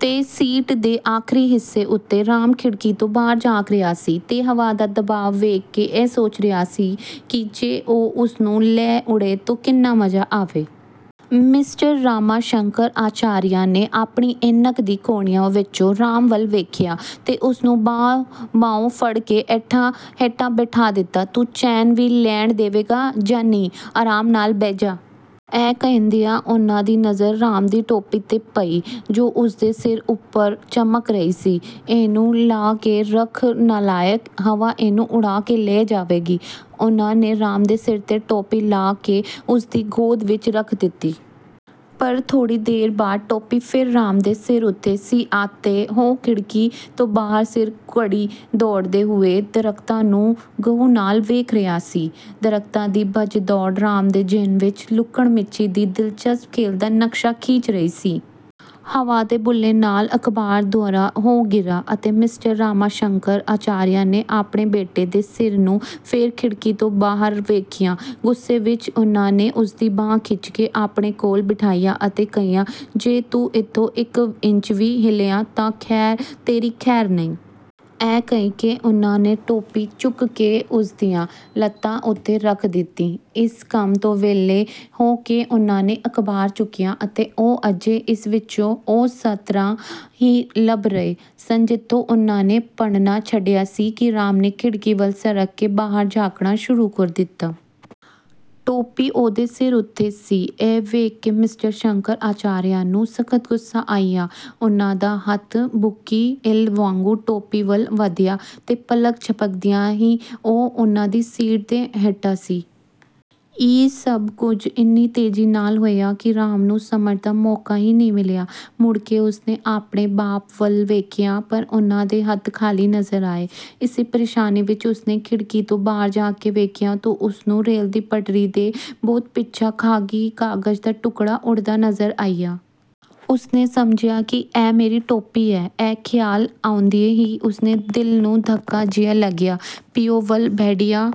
ਤੇ ਸੀਟ ਦੇ ਆਖਰੀ ਹਿੱਸੇ ਉਤੇ ਰਾਮ ਖਿੜਕੀ ਤੋਂ ਬਾਹਰ ਝਾਕ ਰਿਹਾ ਸੀ ਤੇ ਹਵਾ ਦਾ ਦਬਾਅ ਦੇਖ ਕੇ ਇਹ ਸੋਚ ਰਿਹਾ ਸੀ ਕਿ ਜੇ ਉਹ ਉਸ ਨੂੰ ਲੈ ਉਡੇ ਤਾਂ ਕਿੰਨਾ ਮਜ਼ਾ ਆਵੇ। ਮਿਸਟਰ ਰਾਮਾ ਸ਼ੰਕਰ ਅਚਾਰੀਆ ਨੇ ਆਪਣੀ ਐਨਕ ਦੇ ਕੋਣਿਆਂ ਵਿਚੀਂ ਰਾਮ ਵੱਲ ਦੇਖਿਆ ਤੇ ਉਸ ਨੂੰ ਬਾਹੋਂ ਫੜ ਕੇ ਹੇਠਾਂ ਬਿਠਾ ਦਿੱਤਾ। "ਤੂੰ ਚੈਨ ਵੀ ਲੈਣ ਦੇਵੇਂਗਾ ਜਾਂ ਨਹੀਂ, ਆਰਾਮ ਨਾਲ ਬਹਿ ਜਾ। " ਇਹ ਕਹਿੰਦਿਆਂ ਉਨ੍ਹਾਂ ਦੀ ਨਜ਼ਰ ਰਾਮ ਦੀ ਟੋਪੀ 'ਤੇ ਪਈ ਜੋ ਉਸ ਦੇ ਸਿਰ ਉਤੇ ਚਮਕ ਰਹੀ ਸੀ, "ਇਹਨੂੰ ਲਾਹ ਕੇ ਰੱਖ ਨਾਲਾਇਕ, ਹਵਾ ਇਹਨੂੰ ਉਡਾ ਕੇ ਲੈ ਜਾਵੇਗੀ। " ਉਨ੍ਹਾਂ ਨੇ ਰਾਮ ਦੇ ਸਿਰ ਤੋਂ ਟੋਪੀ ਲਾਹ ਕੇ ਉਸ ਦੀ ਗੋਦ ਵਿਚ ਰੱਖ ਦਿੱਤੀ। ਪਰ ਥੋੜ੍ਹੀ ਦੇਰ ਬਾਅਦ ਟੋਪੀ ਫੇਰ ਰਾਮ ਦੇ ਸਿਰ ਉਤੇ ਸੀ ਅਤੇ ਉਹ ਖਿੜਕੀ ਤੋਂ ਬਾਹਰ ਸਿਰ ਕੱਢੀ ਦੌੜਦੇ ਹੋਏ ਦਰਖਤਾਂ ਨੂੰ ਗਹੁ ਨਾਲ ਦੇਖ ਰਿਹਾ ਸੀ। ਦਰਖਤਾਂ ਦੀ ਭੱਜ ਦੌੜ ਰਾਮ ਦੇ ਜ਼ਿਹਨ ਵਿਚ ਲੁਕਣਮੀਚੀ ਦੀ ਦਿਲਚਸਪ ਖੇਡ ਦਾ ਨਕਸ਼ਾ ਖਿੱਚ ਰਹੀ ਸੀ। ਹਵਾ ਦੇ ਬੁੱਲੇ ਨਾਲ ਅਖਬਾਰ ਦੂਹਰਾ ਹੋ ਗਿਆ ਅਤੇ ਮਿਸਟਰ ਰਾਮਾ ਸ਼ੰਕਰ ਅਚਾਰੀਆ ਨੇ ਆਪਣੇ ਬੇਟੇ ਦੇ ਸਿਰ ਨੂੰ ਫੇਰ ਖਿੜਕੀ ਤੋਂ ਬਾਹਰ ਦੇਖਿਆ। ਗ਼ੁੱਸੇ ਵਿਚ ਉਨ੍ਹਾਂ ਨੇ ਉਸ ਦੀ ਬਾਂਹ ਖਿੱਚ ਕੇ ਆਪਣੇ ਕੋਲ ਬਿਠਾਇਆ ਅਤੇ ਕਿਹਾ, "ਜੇ ਤੂੰ ਇਥੋਂ ਇਕ ਇੰਚ ਵੀ ਹਿੱਲਿਆ ਤਾਂ ਤੇਰੀ ਖੈਰ ਨਹੀਂ। " ਇਹ ਕਹਿ ਕੇ ਉਨ੍ਹਾਂ ਨੇ ਟੋਪੀ ਚੁੱਕ ਕੇ ਉਸ ਦੀਆਂ ਲੱਤਾਂ ਉਤੇ ਰੱਖ ਦਿੱਤੀ। ਇਸ ਕੰਮ ਤੋਂ ਵਿਹਲੇ ਹੋ ਕੇ ਉਨ੍ਹਾਂ ਨੇ ਅਖਬਾਰ ਚੁੱਕਿਆ ਅਤੇ ਉਹ ਅਜੇ ਇਸ ਵਿਚੋਂ ਉਹ ਸਤਰਾਂ ਹੀ ਲੱਭ ਰਹੇ ਸਨ ਜਿੱਥੋਂ ਉਨ੍ਹਾਂ ਨੇ ਪੜ੍ਹਨਾ ਛੱਡਿਆ ਸੀ ਕਿ ਰਾਮ ਨੇ ਖਿੜਕੀ ਵੱਲ ਸਰਕ ਕੇ ਬਾਹਰ ਝਾਕਣਾ ਸ਼ੁਰੂ ਕਰ ਦਿੱਤਾ। ਟੋਪੀ ਉਹਦੇ ਸਿਰ ਉਤੇ ਸੀ। ਇਹ ਦੇਖ ਕੇ ਮਿਸਟਰ ਸ਼ੰਕਰ ਅਚਾਰੀਆ ਨੂੰ ਸਖਤ ਗ਼ੁੱਸਾ ਆਇਆ। ਉਨ੍ਹਾਂ ਦਾ ਹੱਥ ਭੁੱਖੀ ਇੱਲ੍ਹ ਵਾਂਗੂੰ ਟੋਪੀ ਵੱਲ ਵਧਿਆ ਤੇ ਪਲਕ ਝਪਕਦਿਆਂ ਹੀ ਉਹ ਉਨ੍ਹਾਂ ਦੀ ਸੀਟ ਦੇ ਹੇਠਾਂ ਸੀ। ਇਹ ਸਭ ਕੁਝ ਇੰਨੀ ਤੇਜੀ ਨਾਲ ਹੋਇਆ ਕਿ ਰਾਮ ਨੂੰ ਸਮਝਣ ਦਾ ਮੌਕਾ ਹੀ ਨਾ ਮਿਲਿਆ। ਮੁੜ ਕੇ ਉਸ ਨੇ ਆਪਣੇ ਬਾਪ ਵੱਲ ਦੇਖਿਆ। ਐਪਰ ਉਨ੍ਹਾਂ ਦੇ ਹੱਥ ਖਾਲੀ ਨਜ਼ਰ ਆਏ। ਇਸੇ ਪ੍ਰੇਸ਼ਾਨੀ ਵਿਚ ਉਸ ਨੇ ਖਿੜਕੀ ਤੋਂ ਬਾਹਰ ਝਾਕ ਕੇ ਦੇਖਿਆ ਤਾਂ ਉਸ ਨੂੰ ਰੇਲ ਦੀ ਪਟੜੀ 'ਤੇ ਬਹੁਤ ਪਿਛਾਂਹ ਖਾਕੀ ਕਾਗ਼ਜ਼ ਦਾ ਟੁਕੜਾ ਉਡਦਾ ਨਜ਼ਰ ਆਇਆ। ਉਸ ਨੇ ਸਮਝਿਆ ਕਿ ਇਹ ਮੇਰੀ ਟੋਪੀ ਹੈ। ਇਹ ਖਿਆਲ ਆਉਂਦਿਆਂ ਹੀ ਉਸ ਦੇ ਦਿਲ ਨੂੰ ਧੱਕਾ ਜਿਹਾ ਲੱਗਿਆ। ਪਿਉ ਵੱਲ ਭੈੜੀਆਂ